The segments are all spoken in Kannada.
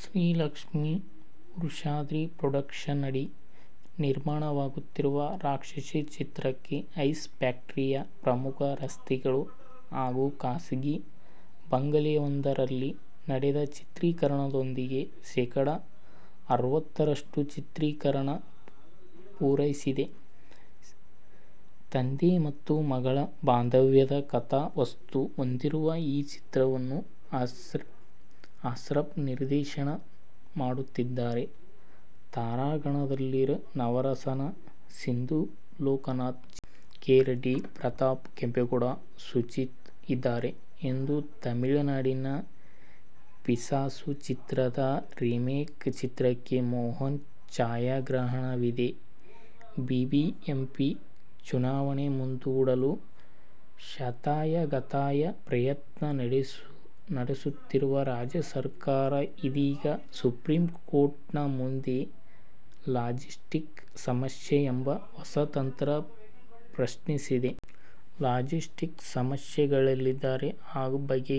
ಶ್ರೀ ಲಕ್ಷ್ಮೀ ವೃಷಾದ್ರಿ ಪೊಡಕ್ಷನ್ಸ್ನಡಿ ನಿರ್ಮಾಣವಾಗುತ್ತಿರುವ ರಾಕ್ಷಸಿ ಚಿತ್ರಕ್ಕೆ ಐಸ್ ಫ್ಯಾಕ್ಟರಿಯ ಪ್ರಮುಖ ರಸ್ತೆಗಳು ಹಾಗೂ ಖಾಸಗಿ ಬಂಗಲೆಯೊಂದರಲ್ಲಿ ನಡೆದ ಚಿತ್ರಿಕರಣದೊಂದಿಗೆ ಶೇಕಡಾ ಅರವತ್ತರಷ್ಟು ಚಿತ್ರೀಕರಣ ಪೂರೈಸಿದೆ. ತಂದೆ ಮತ್ತು ಮಗಳ ಬಾಂಧವ್ಯದ ಕಥಾವಸ್ತು ಹೊಂದಿರುವ ಈ ಚಿತ್ರವನ್ನು ಅಶ್ರಫ್ ನಿರ್ದೇಶನ ಮಾಡುತ್ತಿದ್ದಾರೆ. ತಾರಾಗಣದಲ್ಲಿ ನವರಸನ್, ಸಿಂಧು ಲೋಕನಾಥ್, ಜಿ. ಕೆ. ರೆಡ್ಡಿ, ಕುರಿ ಪ್ರತಾಪ್, ಕೆಂಪೇಗೌಡ, ಸುಜಿತ್ ಇದ್ದಾರೆ. ಇದು ತಮಿಳಿನ ಪಿಸಾಸು ಚಿತ್ರದ ರಿಮೇಕ್. ಚಿತ್ರಕ್ಕೆ ಮೋಹನ್ ಛಾಯಾಗ್ರಹಣವಿದೆ. ಬಿಬಿಎಂಪಿ ಚುನಾವಣೆ ಮುಂದೂಡಲು ಶತಾಯ ಗತಾಯ ಪ್ರಯತ್ನ ನಡೆಸುತ್ತಿರುವ ರಾಜ್ಯ ಸರ್ಕಾರ ಇದೀಗ ಸುಪ್ರೀಂಕೋರ್ಟ್ನ ಮುಂದೆ ಲಾಜಿಸ್ಟಿಕ್ ಸಮಸ್ಯೆ ಎಂಬ ಹೊಸ ತಂತ್ರ ಪ್ರಸ್ತಾಪಿಸಿದೆ. ಲಾಜಿಸ್ಟಿಕ್ ಸಮಸ್ಯೆಗಳಿದ್ದರೆ ಆ ಬಗ್ಗೆ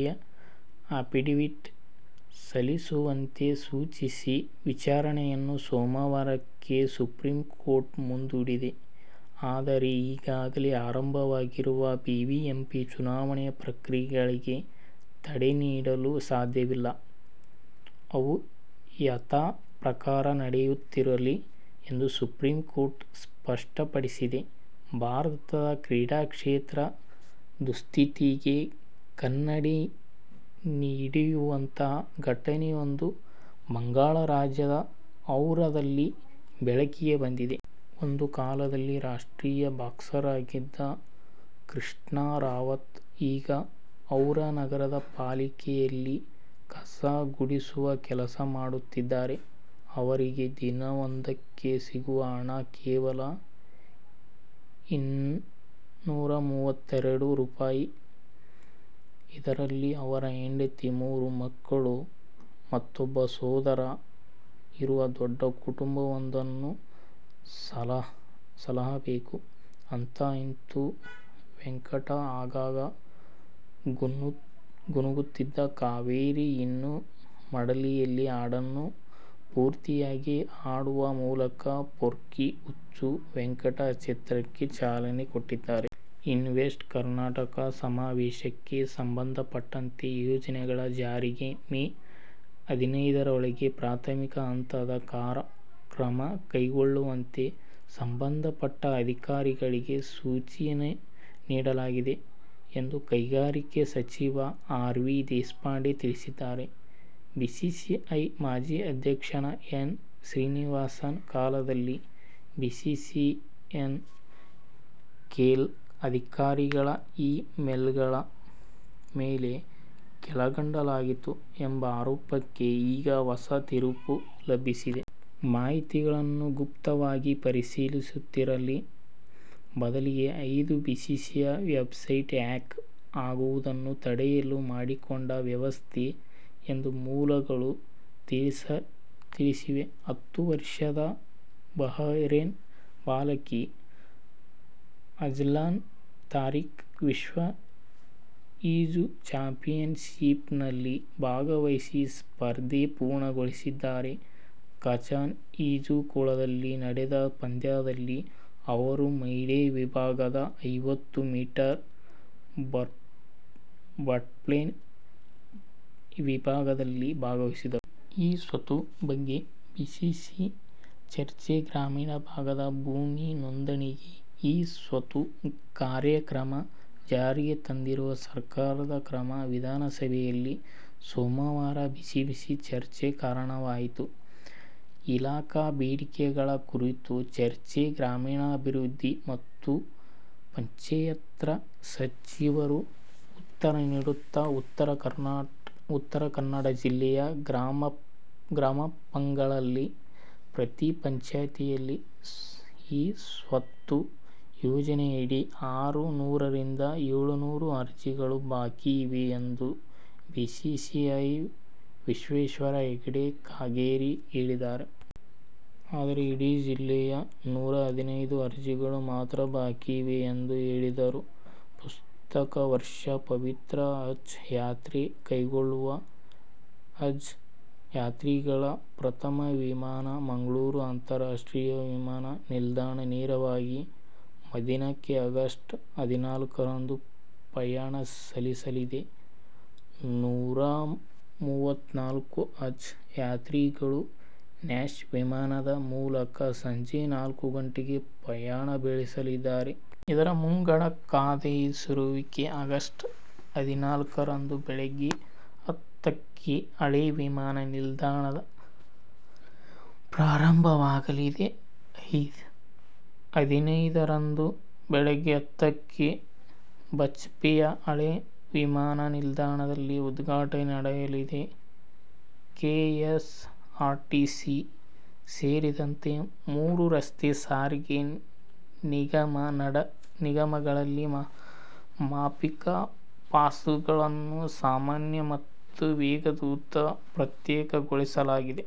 ಅಫಿಡವಿಟ್ ಸಲ್ಲಿಸುವಂತೆ ಸೂಚಿಸಿ ವಿಚಾರಣೆಯನ್ನು ಸೋಮವಾರಕ್ಕೆ ಸುಪ್ರೀಂಕೋರ್ಟ್ ಮುಂದೂಡಿದೆ. ಆದರೆ ಈಗಾಗಲೇ ಆರಂಭವಾಗಿರುವ ಬಿಬಿಎಂಪಿ ಚುನಾವಣೆ ಪ್ರಕ್ರಿಯೆಗಳಿಗೆ ತಡೆ ನೀಡಲು ಸಾಧ್ಯವಿಲ್ಲ. ಅವು ಯಥಾಪ್ರಕಾರ ನಡೆಯುತ್ತಿರಲಿ ಎಂದು ಸುಪ್ರೀಂಕೋರ್ಟ್ ಸ್ಪಷ್ಟಪಡಿಸಿದೆ. ಭಾರತದ ಕ್ರೀಡಾಕ್ಷೇತ್ರದ ದುಸ್ಥಿತಿಗೆ ಕನ್ನಡಿ ಹಿಡಿಯುವಂತಹ ಘಟನೆಯೊಂದು ಬಂಗಾಳ ರಾಜ್ಯದ ಹೌರಾದಲ್ಲಿ ಬೆಳಕಿಗೆ ಬಂದಿದೆ. ಒಂದು ಕಾಲದಲ್ಲಿ ರಾಷ್ಟ್ರೀಯ ಬಾಕ್ಸರ್ ಆಗಿದ್ದ ಕೃಷ್ಣಾ ರಾವತ್ ಈಗ ಹೌರಾ ನಗರಪಾಲಿಕೆಯಲ್ಲಿ ಕಸ ಗುಡಿಸುವ ಕೆಲಸ ಮಾಡುತ್ತಿದ್ದಾರೆ. ಅವರಿಗೆ ದಿನವೊಂದಕ್ಕೆ ಸಿಗುವ ಹಣ ಕೇವಲ ಇನ್ನೂರಾಮೂವತ್ತೆರಡು ರೂಪಾಯಿ ಇದರಲ್ಲಿ ಅವರು ಹೆಂಡತಿ, ಮೂರು ಮಕ್ಕಳು ಮತ್ತೊಬ್ಬ ಸೋದರ ಇರುವ ದೊಡ್ಡ ಕುಟುಂಬವೊಂದನ್ನು ಸಲಹಬೇಕು ಅಂತೂ ಇಂತೂ ವೆಂಕಟ್, ಆಗಾಗ ಗುನುಗುತ್ತಿದ್ದ ಕಾವೇರಿ ನಿನ್ನ ಮಡಿಲಲಿ ಹಾಡನ್ನು ಪೂರ್ತಿಯಾಗಿ ಹಾಡುವ ಮೂಲಕ ಪೊರ್ಕಿ ಹುಚ್ಚ ವೆಂಕಟ್ ಚಿತ್ರಕ್ಕೆ ಚಾಲನೆ ಕೊಟ್ಟಿದ್ದಾರೆ. ಇನ್ವೆಸ್ಟ್ ಕರ್ನಾಟಕ ಸಮಾವೇಶಕ್ಕೆ ಸಂಬಂಧಪಟ್ಟಂತೆ ಯೋಜನೆಗಳ ಜಾರಿಗೆ ಮೇ ಹದಿನೈದರೊಳಗೆ ಪ್ರಾಥಮಿಕ ಹಂತದ ಕ್ರಮ ಕೈಗೊಳ್ಳುವಂತೆ ಸಂಬಂಧಪಟ್ಟ ಅಧಿಕಾರಿಗಳಿಗೆ ಸೂಚನೆ ನೀಡಲಾಗಿದೆ ಎಂದು ಕೈಗಾರಿಕೆ ಸಚಿವ ಆರ್. ವಿ. ದೇಶಪಾಂಡೆ ತಿಳಿಸಿದ್ದಾರೆ. ಬಿಸಿಸಿಐ ಮಾಜಿ ಅಧ್ಯಕ್ಷ ಎನ್. ಶ್ರೀನಿವಾಸನ್ ಕಾಲದಲ್ಲಿ ಬಿಸಿಸಿಐನ ಕೆಲ ಅಧಿಕಾರಿಗಳ ಇ-ಮೇಲ್ಗಳ ಮೇಲೆ ಕಣ್ಣಿಡಲಾಗಿತ್ತು ಎಂಬ ಆರೋಪಕ್ಕೆ ಈಗ ಹೊಸ ತಿರುವು ಲಭಿಸಿದೆ. ಮಾಹಿತಿಗಳನ್ನು ಗುಪ್ತವಾಗಿ ಪರಿಶೀಲಿಸುತ್ತಿರಲಿಲ್ಲ, ಬದಲಿಗೆ ಇದು ಬಿಸಿಸಿಐ ವೆಬ್ಸೈಟ್ ಹ್ಯಾಕ್ ಆಗುವುದನ್ನು ತಡೆಯಲು ಮಾಡಿಕೊಂಡ ವ್ಯವಸ್ಥೆ ಎಂದು ಮೂಲಗಳು ತಿಳಿಸಿವೆ ಹತ್ತು ವರ್ಷದ ಬಹರೇನ್ ಬಾಲಕಿ, ಅಜ್ಲಾನ್ ತಾರೀಕ್ ವಿಶ್ವ ಈಜು ಚಾಂಪಿಯನ್ಶಿಪ್ನಲ್ಲಿ ಭಾಗವಹಿಸಿ ಸ್ಪರ್ಧೆ ಪೂರ್ಣಗೊಳಿಸಿದ್ದಾರೆ. ಕಜಾನ್ ಈಜುಕೊಳದಲ್ಲಿ ನಡೆದ ಪಂದ್ಯದಲ್ಲಿ ಅವರು ಮಹಿಳಾ ವಿಭಾಗದ ಐವತ್ತು ಮೀಟರ್ ಬಟರ್ಪ್ಲೆ" ವಿಭಾಗದಲ್ಲಿ ಭಾಗವಹಿಸಿದರು. ಇ-ಸ್ವತ್ತು ಬಗ್ಗೆ ಬಿಸಿಬಿಸಿ ಚರ್ಚೆಗ್ರಾಮೀಣ ಭಾಗದ ಭೂಮಿ ನೋಂದಣಿಗೆ ಇ-ಸ್ವತ್ತು ಕಾರ್ಯಕ್ರಮ ಜಾರಿಗೆ ತಂದಿರುವ ಸರ್ಕಾರದ ಕ್ರಮ ವಿಧಾನಸಭೆಯಲ್ಲಿ ಸೋಮವಾರ ಬಿಸಿ ಬಿಸಿ ಚರ್ಚೆಗೆ ಕಾರಣವಾಯಿತು. ಇಲಾಖಾ ಬೇಡಿಕೆಗಳ ಕುರಿತ ಚರ್ಚೆಗೆ ಗ್ರಾಮೀಣಾಭಿವೃದ್ಧಿ ಮತ್ತು ಪಂಚಾಯತ್ರಾಜ್ ಸಚಿವರು ಉತ್ತರ ನೀಡುತ್ತಾ, ಉತ್ತರ ಕನ್ನಡ ಜಿಲ್ಲೆಯ ಗ್ರಾಪಂಗಳಲ್ಲಿ ಪ್ರತಿ ಪಂಚಾಯ್ತಿಯಲ್ಲಿ ಇ-ಸ್ವತ್ತು ಯೋಜನೆಯಡಿ ಆರು ನೂರರಿಂದ ಏಳುನೂರು ಅರ್ಜಿಗಳು ಬಾಕಿ ಇವೆ ಎಂದು ಬಿಜೆಪಿಯ ವಿಶ್ವೇಶ್ವರ ಹೆಗಡೆ ಕಾಗೇರಿ ಹೇಳಿದ್ದರು. ಆದರೆ, ಇಡೀ ಜಿಲ್ಲೆಯಲ್ಲೇ ನೂರ ಹದಿನೈದು ಅರ್ಜಿಗಳು ಮಾತ್ರ ಬಾಕಿ ಇವೆ ಎಂದು ಹೇಳಿದರು. ಪ್ರಸಕ್ತ ವರ್ಷ ಪವಿತ್ರ ಹಜ್ಜ್ ಯಾತ್ರೆ ಕೈಗೊಳ್ಳುವ ಹಜ್ಜ್ ಯಾತ್ರಾರ್ಥಿಗಳ ಪ್ರಥಮ ವಿಮಾನ ಮಂಗಳೂರು ಅಂತಾರಾಷ್ಟ್ರೀಯ ವಿಮಾನ ನಿಲ್ದಾಣದಿಂದ ನೇರವಾಗಿ ಮದೀನಾಕ್ಕೆ ಆಗಸ್ಟ್ ಹದಿನಾಲ್ಕುರಂದು ಪ್ರಯಾಣ ಬೆಳೆಸಲಿದೆ. ನೂರಾಮುವತ್ನಾಲ್ಕು ಹಜ್ಜ್ ಯಾತ್ರಾರ್ಥಿಗಳು ನ್ಯಾಶ್ ವಿಮಾನದ ಮೂಲಕ ಸಂಜೆ ನಾಲ್ಕು ಗಂಟೆಗೆ ಪ್ರಯಾಣ ಬೆಳೆಸಲಿದ್ದಾರೆ. ಇದರ ಮುಂಗಡ ಕಾಯ್ದಿರಿಸುವಿಕೆ ಆಗಸ್ಟ್ ಹದಿನಾಲ್ಕರಂದು ಬೆಳಗ್ಗೆ ಹತ್ತಕ್ಕೆ ಹಳೆ ವಿಮಾನ ನಿಲ್ದಾಣದಲ್ಲಿ ಪ್ರಾರಂಭವಾಗಲಿದೆ. ಹದಿನಾರರಂದು ಬೆಳಗ್ಗೆ ಹತ್ತಕ್ಕೆ ಬಜಪೆಯ ಹಳೆ ವಿಮಾಣ ನಿಲ್ದಾಣದಲ್ಲಿ ಉದ್ಘಾಟನೆ ನಡೆಯಲಿದೆ. ಕೆಎಸ್ಆರ್ಟಿಸಿ ಸೇರಿದಂತೆ ಮೂರು ರಸ್ತೆ ಸಾರಿಗೆ ನಿಗಮ ಗಳಲ್ಲಿ ಮಾಸಿಕ ಪಾಸುಗಳನ್ನು ಸಾಮಾನ್ಯ ಮತ್ತು ವೇಗದೂತ ಎಂದು ಪ್ರತ್ಯೇಕಗೊಳಿಸಲಾಗಿದೆ.